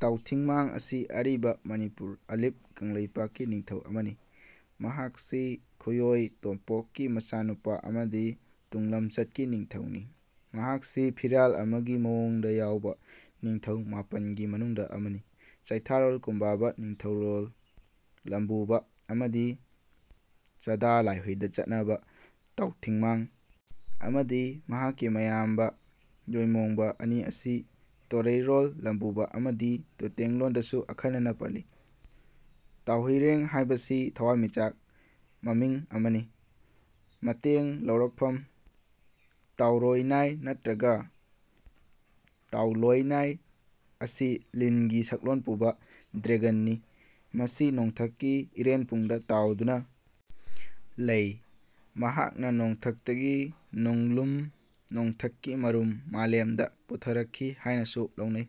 ꯇꯥꯎꯊꯤꯡꯃꯥꯡ ꯑꯁꯤ ꯑꯔꯤꯕ ꯃꯅꯤꯄꯨꯔ ꯑꯂꯤꯞ ꯀꯪꯂꯩꯄꯥꯛꯀꯤ ꯅꯤꯡꯊꯧ ꯑꯃꯅꯤ꯫ ꯃꯍꯥꯛꯁꯤ ꯈꯨꯌꯣꯢ ꯇꯣꯝꯄꯣꯛꯀꯤ ꯃꯆꯥꯅꯨꯄꯥ ꯑꯃꯗꯤ ꯇꯨꯡꯂꯝꯆꯠꯀꯤ ꯅꯤꯡꯊꯧꯅꯤ꯫ ꯃꯍꯥꯛꯁꯤ ꯐꯤꯔꯥꯜ ꯑꯃꯒꯤ ꯃꯑꯣꯡꯗ ꯌꯥꯎꯕ ꯅꯤꯡꯊꯧ ꯃꯥꯄꯟꯒꯤ ꯃꯅꯨꯡꯗ ꯑꯃꯅꯤ꯫ ꯆꯩꯊꯥꯔꯣꯜ ꯀꯨꯝꯕꯥꯕ ꯅꯤꯡꯊꯧꯔꯣꯜ ꯂꯝꯕꯨꯕ ꯑꯃꯗꯤ ꯆꯗꯥ ꯂꯥꯢꯍꯨꯢꯗ ꯆꯠꯅꯕ ꯇꯥꯎꯊꯤꯡꯃꯥꯡ ꯑꯃꯗꯤ ꯃꯍꯥꯛꯀꯤ ꯃꯌꯥꯝꯕ ꯌꯣꯢꯃꯣꯡꯕ ꯑꯅꯤ ꯑꯁꯤ ꯇꯣꯔꯩꯔꯣꯜ ꯂꯝꯕꯨꯕ ꯑꯃꯗꯤ ꯇꯨꯇꯦꯡꯂꯣꯟꯗꯁꯨ ꯑꯈꯟꯅꯅ ꯄꯜꯂꯤ꯫ ꯇꯥꯎꯍꯨꯢꯔꯦꯡ ꯍꯥꯏꯕꯁꯤ ꯊꯋꯥꯟꯃꯤꯆꯥꯛ ꯃꯃꯤꯡ ꯑꯃꯅꯤ꯫ ꯃꯇꯦꯡ ꯂꯧꯔꯛꯐꯝ ꯇꯥꯎꯔꯣꯢꯅꯥꯢ ꯅꯠꯇ꯭ꯔꯒ ꯇꯥꯎꯂꯣꯢꯅꯥꯢ ꯑꯁꯤ ꯂꯤꯟ ꯒꯤ ꯁꯛꯂꯣꯟ ꯄꯨꯕ ꯗ꯭ꯔꯦꯒꯟ ꯅꯤ꯫ ꯃꯁꯤ ꯅꯣꯡꯊꯛꯀꯤ ꯏꯔꯦꯟꯄꯨꯡꯗ ꯇꯥꯎꯗꯨꯅ ꯂꯩ꯫ ꯃꯍꯥꯛꯅ ꯅꯣꯡꯊꯛꯇꯀꯤ ꯅꯣꯡꯂꯨꯝ ꯅꯣꯡꯊꯛꯀꯤ ꯃꯔꯨꯝ ꯃꯥꯂꯦꯝꯗ ꯄꯨꯊꯔꯛꯈꯤ ꯍꯥꯢꯅꯁꯨ ꯂꯧꯅꯩ꯫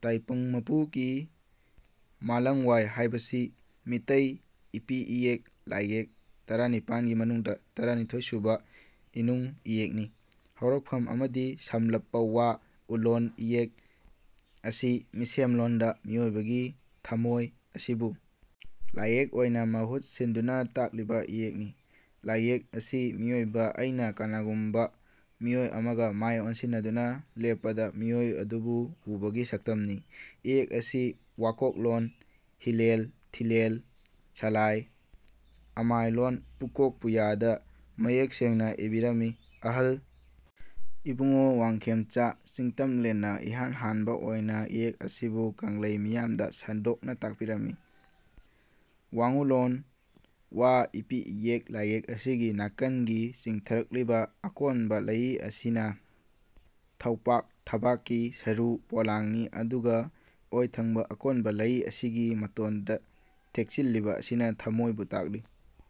ꯇꯥꯏꯄꯪꯃꯄꯨꯀꯤ ꯃꯥꯂꯪꯋꯥꯏ ꯍꯥꯏꯕꯁꯤ ꯃꯤꯇꯩ ꯏꯄꯤ ꯏꯌꯦꯛ ꯂꯥꯏꯌꯦꯛ ꯇꯔꯥꯅꯤꯄꯥꯟꯒꯤ ꯃꯅꯨꯡꯗ ꯇꯔꯥꯅꯤꯊꯣꯏꯁꯨꯕ ꯏꯅꯨꯡ ꯏꯌꯦꯛꯅꯤ꯫ ꯍꯧꯔꯛꯐꯝ ꯑꯃꯗꯤ ꯁꯝꯂꯞꯄ ꯋꯥ ꯎꯂꯣꯟ ꯏꯌꯦꯛ ꯑꯁꯤ ꯃꯤꯁꯦꯝꯂꯣꯟꯗ ꯃꯤꯑꯣꯏꯕꯒꯤ ꯊꯥꯃꯣꯏ ꯑꯁꯤꯕꯨ ꯂꯥꯏꯌꯦꯛ ꯑꯣꯏꯅ ꯃꯍꯨꯠ ꯁꯤꯟꯗꯨꯅ ꯇꯥꯛꯂꯤꯕ ꯏꯌꯦꯛꯅꯤ꯫ ꯂꯥꯏꯌꯦꯛ ꯑꯁꯤ ꯃꯤꯑꯣꯏꯕ ꯑꯩꯅ ꯀꯅꯥꯒꯨꯃꯕ ꯃꯤꯑꯣꯏ ꯑꯃꯒ ꯃꯥꯏ ꯑꯣꯟꯁꯤꯟꯗꯨꯅ ꯂꯦꯞꯄꯗ ꯃꯤꯑꯣꯏ ꯑꯗꯨꯕꯨ ꯎꯕꯒꯤ ꯁꯛꯇꯝꯅꯤ꯫ ꯏꯌꯦꯛ ꯑꯁꯤ ꯋꯥꯀꯣꯛꯂꯣꯟ ꯍꯤꯂꯦꯜ ꯊꯤꯂꯦꯜ ꯁꯂꯥꯏ ꯑꯃꯥꯏꯂꯣꯟ ꯄꯨꯀꯣꯛ ꯄꯨꯌꯥꯗ ꯃꯌꯦꯛ ꯁꯦꯡꯅ ꯏꯕꯤꯔꯝꯃꯤ꯫ ꯑꯍꯜ ꯏꯕꯨꯡꯉꯣ ꯋꯥꯡꯈꯦꯝꯆꯥ ꯆꯤꯡꯇꯝꯂꯦꯟꯅ ꯏꯍꯥꯟ ꯍꯥꯟꯕ ꯑꯣꯏꯅ ꯏꯌꯦꯛ ꯑꯁꯤꯕꯨ ꯀꯪꯂꯩ ꯃꯤꯌꯥꯝꯗ ꯁꯟꯗꯣꯛꯅ ꯇꯥꯛꯄꯤꯔꯝꯃꯤ꯫ ꯋꯥꯡꯎꯂꯣꯟ ꯋ ꯏꯄꯤ ꯏꯌꯦꯛ ꯂꯥꯏꯌꯦꯛ ꯑꯁꯤꯒꯤ ꯅꯥꯀꯟꯒꯤ ꯆꯤꯡꯊꯔꯛꯂꯤꯕ ꯑꯀꯣꯟꯕ ꯂꯩꯏ ꯑꯁꯤꯅ ꯊꯧꯄꯥꯛ ꯊꯕꯥꯛꯀꯤ ꯁꯔꯨ ꯄꯣꯂꯥꯡꯅꯤ ꯑꯗꯨꯒ ꯑꯣꯏꯊꯪꯕ ꯑꯀꯣꯟꯕ ꯂꯩꯏ ꯑꯁꯤꯒꯤ ꯃꯇꯣꯟꯗ ꯊꯦꯛꯆꯤꯟꯂꯤꯕ ꯑꯁꯤꯅ ꯊꯃꯣꯏꯕꯨ ꯇꯥꯛꯂꯤ꯫